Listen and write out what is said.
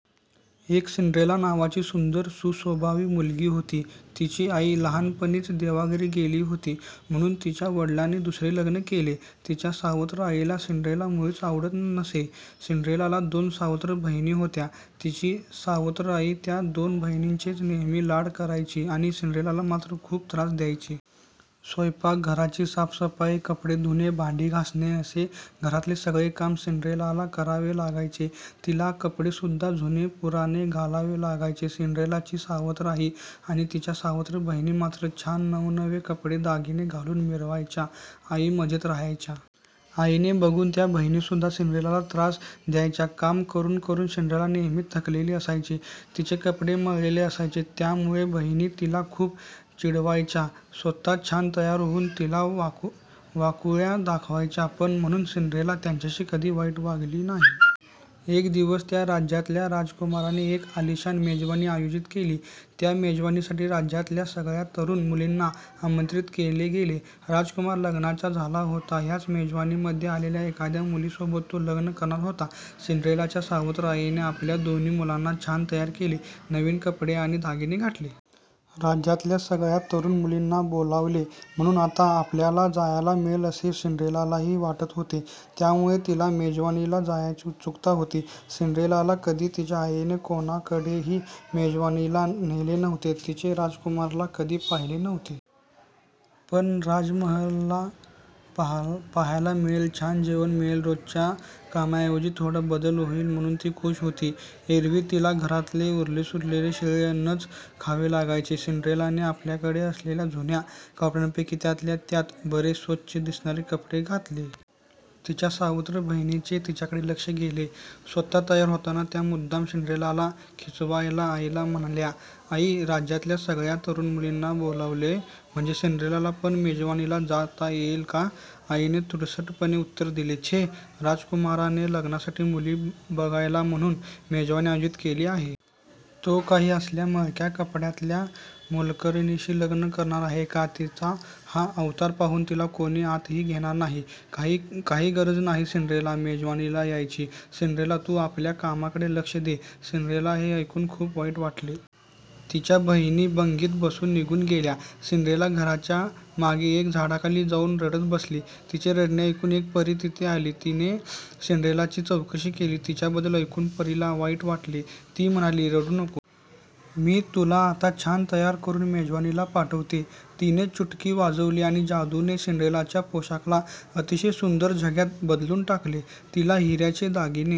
एक सिंड्रेला नावाची सुंदर सुस्वभावी मुलगी होती. तिची आई लहानपणीच देवाघरी गेली होती. म्हणुन तिच्या वडिलांनी दुसरे लग्न केले. तिच्या सावत्र आईला सिंड्रेला मुळीच आवडत नसे. सिंड्रेलाला दोन सावत्र बहिणी होत्या. तिची सावत्र आई त्या दोन बहिणींचेच नेहमी लाड करायची, आणि सिंड्रेलाला मात्र खुप त्रास द्यायची. स्वयंपाक, घराची साफसफाई, कपडे धुणे, भांडे घासणे असे घरातले सगळे काम सिंड्रेलाला करावे लागायचे. तिला कपडे सुद्धा जुनेपुराणे घालावे लागायचे. सिंड्रेलाची सावत्र आई आणि तिच्या सावत्र बहिणी मात्र छान नवनवे कपडे दागिने घालुन मिरवायच्या आई मजेत राहायच्या. आईचे बघुन त्या बहिणीसुद्धा सिंड्रेलाला त्रास द्यायच्या. काम करून करून सिंड्रेला नेहमी थकलेली असायची, तिचे कपडे मळलेले असायचे, त्यामुळे बहिणी तिला खुप चिडवायच्या. स्वतः छान तयार होऊन तिला वाकुल्या दाखवायच्या. पण म्हणुन सिंड्रेला त्यांच्याशी कधी वाईट वागली नाही. एक दिवस त्या राज्यातल्या राजकुमाराने एक आलिशान मेजवानी आयोजित केली. त्या मेजवानीसाठी राज्यातल्या सगळ्या तरुण मुलींना आमंत्रित केले गेले. राजकुमार लग्नाचा झाला होता. याच मेजवानीमध्ये आलेल्या एखाद्या मुलीसोबत तो लग्न करणार होता. सिंड्रेलाच्या सावत्र आईने आपल्या दोन्ही मुलींना छान तयार केले, नवीन कपडे आणि दागिने घातले. राज्यातल्या सगळ्या तरुण मुलींना बोलावले म्हणुन आता आपल्याला जायला मिळेल असे सिंड्रेलालाही वाटत होते. त्यामुळे तिला मेजवानीला जायची उत्सुकता होती. सिंड्रेलाला कधी तिच्या आईने कोणाकडेही मेजवानीला नेले नव्हते. तिने राजकुमाराला कधी पाहिले नव्हते. पण राजमहाल पाहायला मिळेल, छान जेवण मिळेल, रोजच्या कामाऐवजी थोडा बदल होईल म्हणुन ती खुश होती. एरवी तिला घरातले उरलेसुरले शिळे अन्नच खावे लागायचे. सिंड्रेलाने आपल्याकडे असलेल्या जुन्या कपड्यांपैकी त्यातल्या त्यात बरे स्वच्छ दिसणारे कपडे घातले. तिच्या सावत्र बहिणींचे तिच्याकडे लक्ष गेले. स्वतः तयार होताना त्या मुद्दाम सिंड्रेलाला खिजवायला आईला म्हणाल्या. आई, राज्यातल्या सगळ्या तरुण मुलींना बोलावलंय म्हणजे सिंड्रेलाला पण मेजवानीला जाता येईल का? आईने तुसडेपणे उत्तर दिले. छे राजकुमाराने लग्नासाठी मुली बघायला म्हणुन मेजवानी आयोजित केली आहे. तो काही असल्या मळक्या कपड्यातल्या मोलकरणीशी लग्न करणार आहे का? तिचा हा अवतार पाहुन तिला कोणी आतही घेणार नाही. काही गरज नाही सिंड्रेलाला मेजवानीला जायची. सिंड्रेला तु आपल्या कामाकडे लक्ष दे. सिंड्रेलाला हे ऐकुन खुप वाईट वाटले. तिच्या बहिणी बग्गीत बसुन निघुन गेल्या. सिंड्रेला घराच्या मागे एका झाडाखाली जाऊन रडत बसली. तिचे रडणे ऐकुन एक परी तिथे आली. तिने सिंड्रेलाची चौकशी केली. तिच्याबद्दल ऐकुन परीला वाईट वाटले. ती म्हणाली. रडु नकोस. मी तुला आत्ता छान तयार करून मेजवानीला पाठवते. तिने चुटकी वाजवली आणि जादूने सिंड्रेलाचा पोशाखाला अतिशय सुंदर झग्यात बदलुन टाकले, तिला हिऱ्यांचे दागिने